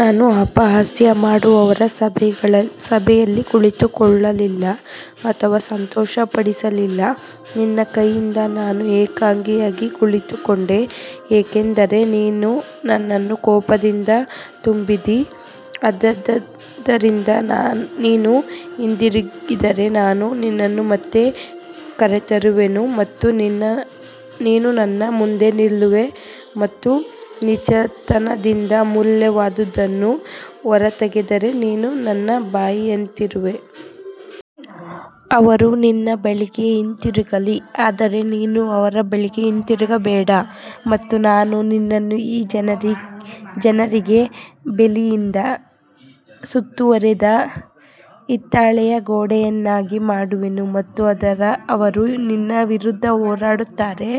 ನಾನು ಅಪಹಾಸ್ಯ ಮಾಡುವವರ ಸಭೆಯಲ್ಲಿ ಕುಳಿತುಕೊಳ್ಳಲಿಲ್ಲ ಅಥವಾ ಸಂತೋಷಪಡಲಿಲ್ಲ ನಿನ್ನ ಕೈಯಿಂದ ನಾನು ಏಕಾಂಗಿಯಾಗಿ ಕುಳಿತುಕೊಂಡೆ ಏಕೆಂದರೆ ನೀನು ನನ್ನನ್ನು ಕೋಪದಿಂದ ತುಂಬಿದ್ದೀ. ಆದದರಿಂದ ನೀನು ಹಿಂದಿರುಗಿದರೆ ನಾನು ನಿನ್ನನ್ನು ಮತ್ತೆ ಕರೆತರುವೆನು ಮತ್ತು ನೀನು ನನ್ನ ಮುಂದೆ ನಿಲ್ಲುವೆ ಮತ್ತು ನೀಚತನದಿಂದ ಅಮೂಲ್ಯವಾದದ್ದನ್ನು ಹೊರತೆಗೆದರೆ ನೀನು ನನ್ನ ಬಾಯಿಯಂತಿರುವೆ. ಅವರು ನಿನ್ನ ಬಳಿಗೆ ಹಿಂತಿರುಗಲಿ ಆದರೆ ನೀನು ಅವರ ಬಳಿಗೆ ಹಿಂತಿರುಗಬೇಡ. ಮತ್ತು ನಾನು ನಿನ್ನನ್ನು ಈ ಜನರಿಗೆ ಬೇಲಿಯಿಂದ ಸುತ್ತುವರಿದ ಹಿತ್ತಾಳೆಯ ಗೋಡೆಯನ್ನಾಗಿ ಮಾಡುವೆನು ಮತ್ತು ಅವರು ನಿನ್ನ ವಿರುದ್ಧ ಹೋರಾಡುತ್ತಾರೆ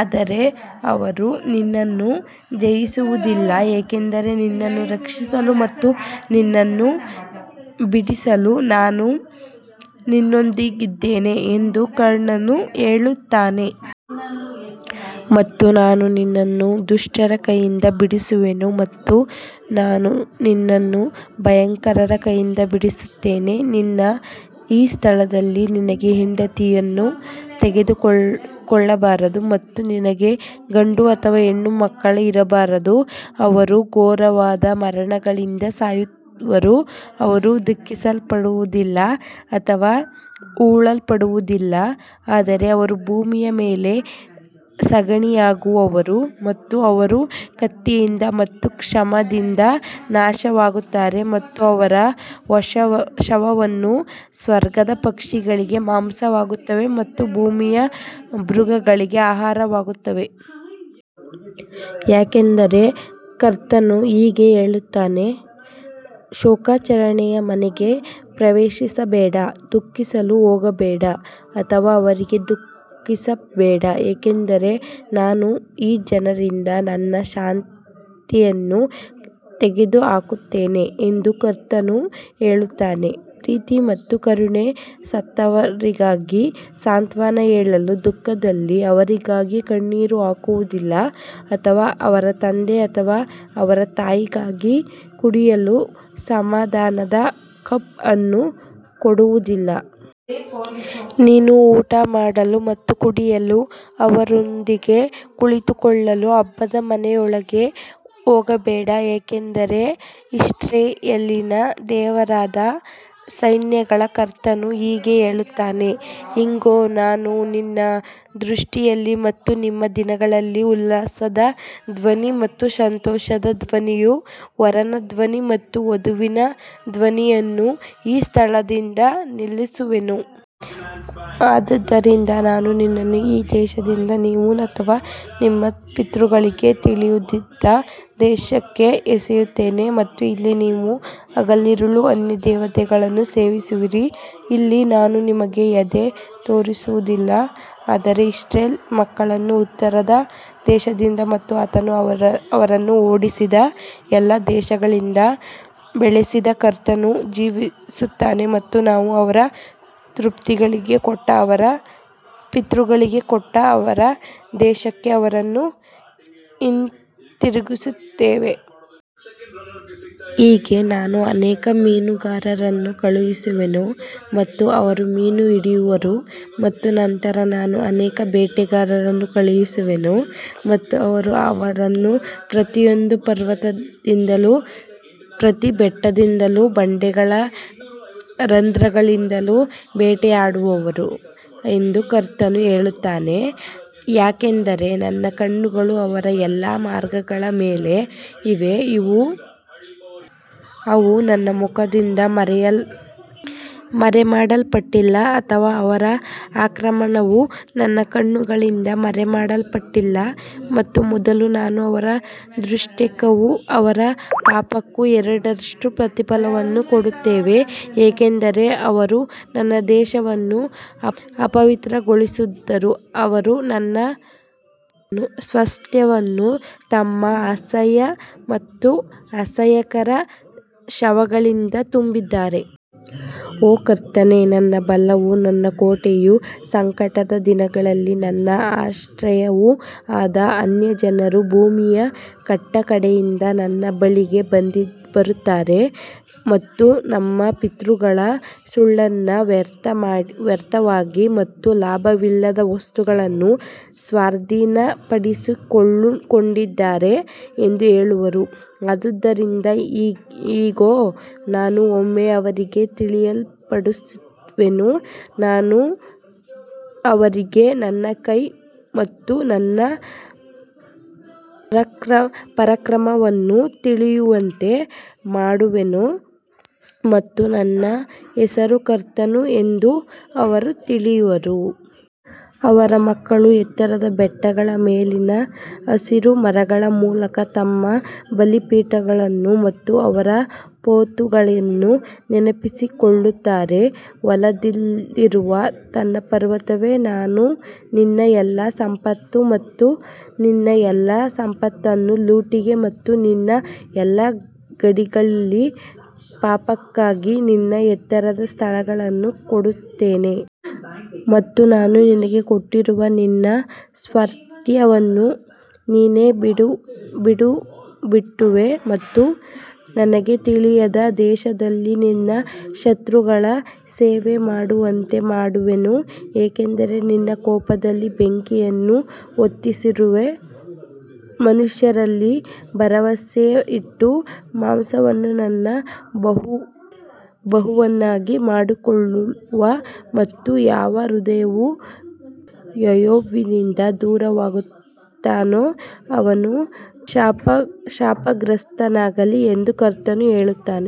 ಆದರೆ ಅವರು ನಿನ್ನನ್ನು ಜಯಿಸುವುದಿಲ್ಲ ಏಕೆಂದರೆ ನಿನ್ನನ್ನು ರಕ್ಷಿಸಲು ಮತ್ತು ನಿನ್ನನ್ನು ಬಿಡಿಸಲು ನಾನು ನಿನ್ನೊಂದಿಗಿದ್ದೇನೆ ಎಂದು ಕರ್ತನು ಹೇಳುತ್ತಾನೆ. ಮತ್ತು ನಾನು ನಿನ್ನನ್ನು ದುಷ್ಟರ ಕೈಯಿಂದ ಬಿಡಿಸುವೆನು ಮತ್ತು ನಾನು ನಿನ್ನನ್ನು ಭಯಂಕರರ ಕೈಯಿಂದ ಬಿಡಿಸುತ್ತೇನೆ. ನೀನು ಈ ಸ್ಥಳದಲ್ಲಿ ನಿನಗೆ ಹೆಂಡತಿಯನ್ನು ತೆಗೆದುಕೊಳ್ಳಬಾರದು ಮತ್ತು ನಿನಗೆ ಗಂಡು ಅಥವಾ ಹೆಣ್ಣು ಮಕ್ಕಳು ಇರಬಾರದು. ಅವರು ಘೋರವಾದ ಮರಣಗಳಿಂದ ಸಾಯುವರು ಅವರು ದುಃಖಿಸಲ್ಪಡುವುದಿಲ್ಲ ಅಥವಾ ಹೂಳಲ್ಪಡುವುದಿಲ್ಲ ಆದರೆ ಅವರು ಭೂಮಿಯ ಮೇಲೆ ಸಗಣಿಯಾಗಿರುವರು ಮತ್ತು ಅವರು ಕತ್ತಿಯಿಂದ ಮತ್ತು ಕ್ಷಾಮದಿಂದ ನಾಶವಾಗುತ್ತಾರೆ ಮತ್ತು ಅವರ ಶವಗಳು ಸ್ವರ್ಗದ ಪಕ್ಷಿಗಳಿಗೆ ಮಾಂಸವಾಗುತ್ತವೆ ಮತ್ತು ಭೂಮಿಯ ಮೃಗಗಳಿಗೆ ಆಹಾರವಾಗುತ್ತವೆ. ಯಾಕಂದರೆ ಕರ್ತನು ಹೀಗೆ ಹೇಳುತ್ತಾನೆ ಶೋಕಾಚರಣೆಯ ಮನೆಗೆ ಪ್ರವೇಶಿಸಬೇಡ ದುಃಖಿಸಲು ಹೋಗಬೇಡ ಅಥವಾ ಅವರಿಗೆ ದುಃಖಿಸಬೇಡ ಏಕೆಂದರೆ ನಾನು ಈ ಜನರಿಂದ ನನ್ನ ಶಾಂತಿಯನ್ನು ತೆಗೆದುಹಾಕಿದ್ದೇನೆ ಎಂದು ಕರ್ತನು ಹೇಳುತ್ತಾನೆ ಪ್ರೀತಿ ಮತ್ತು ಕರುಣೆ ಸತ್ತವರಿಗಾಗಿ ಸಾಂತ್ವನ ಹೇಳಲು ದುಃಖದಲ್ಲಿ ಅವರಿಗಾಗಿ ಕಣ್ಣೀರು ಹಾಕುವುದಿಲ್ಲ ಅಥವಾ ಅವರ ತಂದೆ ಅಥವಾ ಅವರ ತಾಯಿಗಾಗಿ ಕುಡಿಯಲು ಸಮಾಧಾನದ ಕಪ್ ಅನ್ನು ಕೊಡುವುದಿಲ್ಲ. ನೀನು ಊಟಮಾಡಲು ಮತ್ತು ಕುಡಿಯಲು ಅವರೊಂದಿಗೆ ಕುಳಿತುಕೊಳ್ಳಲು ಹಬ್ಬದ ಮನೆಯೊಳಗೆ ಹೋಗಬೇಡ ಯಾಕಂದರೆ ಇಸ್ರಾಯೇಲಿನ ದೇವರಾದ ಸೈನ್ಯಗಳ ಕರ್ತನು ಹೀಗೆ ಹೇಳುತ್ತಾನೆ ಇಗೋ ನಾನು ನಿಮ್ಮ ದೃಷ್ಟಿಯಲ್ಲಿ ಮತ್ತು ನಿಮ್ಮ ದಿನಗಳಲ್ಲಿ ಉಲ್ಲಾಸದ ಧ್ವನಿ ಮತ್ತು ಸಂತೋಷದ ಧ್ವನಿಯು ವರನ ಧ್ವನಿ ಮತ್ತು ವಧುವಿನ ಧ್ವನಿಯನ್ನು ಈ ಸ್ಥಳದಿಂದ ನಿಲ್ಲಿಸುವೆನು. ಆದದರಿಂದ ನಾನು ನಿಮ್ಮನ್ನು ಈ ದೇಶದಿಂದ ನೀವು ಅಥವಾ ನಿಮ್ಮ ಪಿತೃಗಳಿಗೆ ತಿಳಿದಿಲ್ಲದ ದೇಶಕ್ಕೆ ಎಸೆಯುತ್ತೇನೆ ಮತ್ತು ಅಲ್ಲಿ ನೀವು ಹಗಲಿರುಳು ಅನ್ಯದೇವತೆಗಳನ್ನು ಸೇವಿಸುವಿರಿ ಅಲ್ಲಿ ನಾನು ನಿಮಗೆ ದಯೆ ತೋರಿಸುವುದಿಲ್ಲ. ಆದರೆ ಇಸ್ರಾಯೇಲ್ ಮಕ್ಕಳನ್ನು ಉತ್ತರದ ದೇಶದಿಂದ ಮತ್ತು ಆತನು ಅವರನ್ನು ಓಡಿಸಿದ ಎಲ್ಲಾ ದೇಶಗಳಿಂದ ಬೆಳೆಸಿದ ಕರ್ತನು ಜೀವಿಸುತ್ತಾನೆ ಮತ್ತು ನಾನು ಅವರ ಪಿತೃಗಳಿಗೆ ಕೊಟ್ಟ ಅವರ ದೇಶಕ್ಕೆ ಅವರನ್ನು ಹಿಂತಿರುಗಿಸುವೆನು. ಇಗೋ ನಾನು ಅನೇಕ ಮೀನುಗಾರರನ್ನು ಕಳುಹಿಸುವೆನು ಮತ್ತು ಅವರು ಮೀನು ಹಿಡಿಯುವರು ಮತ್ತು ನಂತರ ನಾನು ಅನೇಕ ಬೇಟೆಗಾರರನ್ನು ಕಳುಹಿಸುವೆನು ಮತ್ತು ಅವರು ಅವರನ್ನು ಪ್ರತಿಯೊಂದು ಪರ್ವತದಿಂದಲೂ ಪ್ರತಿ ಬೆಟ್ಟದಿಂದಲೂ ಬಂಡೆಗಳ ರಂಧ್ರಗಳಿಂದಲೂ ಬೇಟೆಯಾಡುವರು ಎಂದು ಕರ್ತನು ಹೇಳುತ್ತಾನೆ. ಯಾಕಂದರೆ ನನ್ನ ಕಣ್ಣುಗಳು ಅವರ ಎಲ್ಲಾ ಮಾರ್ಗಗಳ ಮೇಲೆ ಇವೆ ಅವು ನನ್ನ ಮುಖದಿಂದ ಮರೆಮಾಡಲ್ಪಟ್ಟಿಲ್ಲ ಅಥವಾ ಅವರ ಅಕ್ರಮವು ನನ್ನ ಕಣ್ಣುಗಳಿಂದ ಮರೆಮಾಡಲ್ಪಟ್ಟಿಲ್ಲ ಮತ್ತು ಮೊದಲು ನಾನು ಅವರ ದುಷ್ಕೃತ್ಯಕ್ಕೂ ಅವರ ಪಾಪಕ್ಕೂ ಎರಡರಷ್ಟು ಪ್ರತಿಫಲವನ್ನು ಕೊಡುವೆನು ಏಕೆಂದರೆ ಅವರು ನನ್ನ ದೇಶವನ್ನು ಅಪವಿತ್ರಗೊಳಿಸಿದರು ಅವರು ನನ್ನ ಸ್ವಾಸ್ತ್ಯವನ್ನು ತಮ್ಮ ಅಸಹ್ಯ ಮತ್ತು ಅಸಹ್ಯಕರ ಶವಗಳಿಂದ ತುಂಬಿದ್ದಾರೆ. ಓ ಕರ್ತನೇ ನನ್ನ ಬಲವೂ ನನ್ನ ಕೋಟೆಯೂ ಸಂಕಟದ ದಿನದಲ್ಲಿ ನನ್ನ ಆಶ್ರಯವೂ ಆದ ಅನ್ಯಜನರು ಭೂಮಿಯ ಕಟ್ಟಕಡೆಯಿಂದ ನಿನ್ನ ಬಳಿಗೆ ಬರುತ್ತಾರೆ ಮತ್ತು ನಮ್ಮ ಪಿತೃಗಳು ಸುಳ್ಳನ್ನು ವ್ಯರ್ಥವಾಗಿ ಮತ್ತು ಲಾಭವಿಲ್ಲದ ವಸ್ತುಗಳನ್ನು ಸ್ವಾಧೀನಪಡಿಸಿಕೊಂಡಿದ್ದಾರೆ ಎಂದು ಹೇಳುವರು. ಆದದರಿಂದ ಇಗೋ ನಾನು ಒಮ್ಮೆ ಅವರಿಗೆ ತಿಳಿಯಪಡಿಸುವೆನು ನಾನು ಅವರಿಗೆ ನನ್ನ ಕೈ ಮತ್ತು ನನ್ನ ಪರಾಕ್ರಮವನ್ನು ತಿಳಿಯುವಂತೆ ಮಾಡುವೆನು ಮತ್ತು ನನ್ನ ಹೆಸರು ಕರ್ತನು ಎಂದು ಅವರು ತಿಳಿಯುವರು. ಅವರ ಮಕ್ಕಳು ಎತ್ತರದ ಬೆಟ್ಟಗಳ ಮೇಲಿನ ಹಸಿರು ಮರಗಳ ಮೂಲಕ ತಮ್ಮ ಬಲಿಪೀಠಗಳನ್ನು ಮತ್ತು ಅವರ ತೋಪುಗಳನ್ನು ನೆನಪಿಸಿಕೊಳ್ಳುತ್ತಾರೆ. ಹೊಲದಲ್ಲಿರುವ ನನ್ನ ಪರ್ವತವೇ ನಾನು ನಿನ್ನ ಎಲ್ಲಾ ಸಂಪತ್ತನ್ನು ಮತ್ತು ನಿನ್ನ ಎಲ್ಲಾ ಸಂಪತ್ತನ್ನು ಲೂಟಿಗೆ ಮತ್ತು ನಿನ್ನ ಎಲ್ಲಾ ಗಡಿಗಳಲ್ಲಿ ಪಾಪಕ್ಕಾಗಿ ನಿನ್ನ ಎತ್ತರದ ಸ್ಥಳಗಳನ್ನು ಕೊಡುತ್ತೇನೆ. ಮತ್ತು ನಾನು ನಿನಗೆ ಕೊಟ್ಟಿರುವ ನಿನ್ನ ಸ್ವಾಸ್ತ್ಯವನ್ನು ನೀನೇ ಬಿಟ್ಟುಬಿಡುವೆ ಮತ್ತು ನಿನಗೆ ತಿಳಿಯದ ದೇಶದಲ್ಲಿ ನಿನ್ನ ಶತ್ರುಗಳ ಸೇವೆಮಾಡುವಂತೆ ಮಾಡುವೆನು ಏಕೆಂದರೆ ನೀನು ನನ್ನ ಕೋಪದಲ್ಲಿ ಬೆಂಕಿಯನ್ನು ಹೊತ್ತಿಸಿರುವೆ. ಮನುಷ್ಯನಲ್ಲಿ ಭರವಸವಿಟ್ಟು ಮಾಂಸವನ್ನು ತನ್ನ ಬಾಹುವನ್ನಾಗಿ ಮಾಡಿಕೊಳ್ಳುವ ಮತ್ತು ಯಾವ ಹೃದಯವು ಯೆಹೋವನಿಂದ ದೂರವಾಗುತ್ತಾನೋ ಅವನು ಶಾಪಗ್ರಸ್ತನಾಗಲಿ ಎಂದು ಕರ್ತನು ಹೇಳುತ್ತಾನೆ.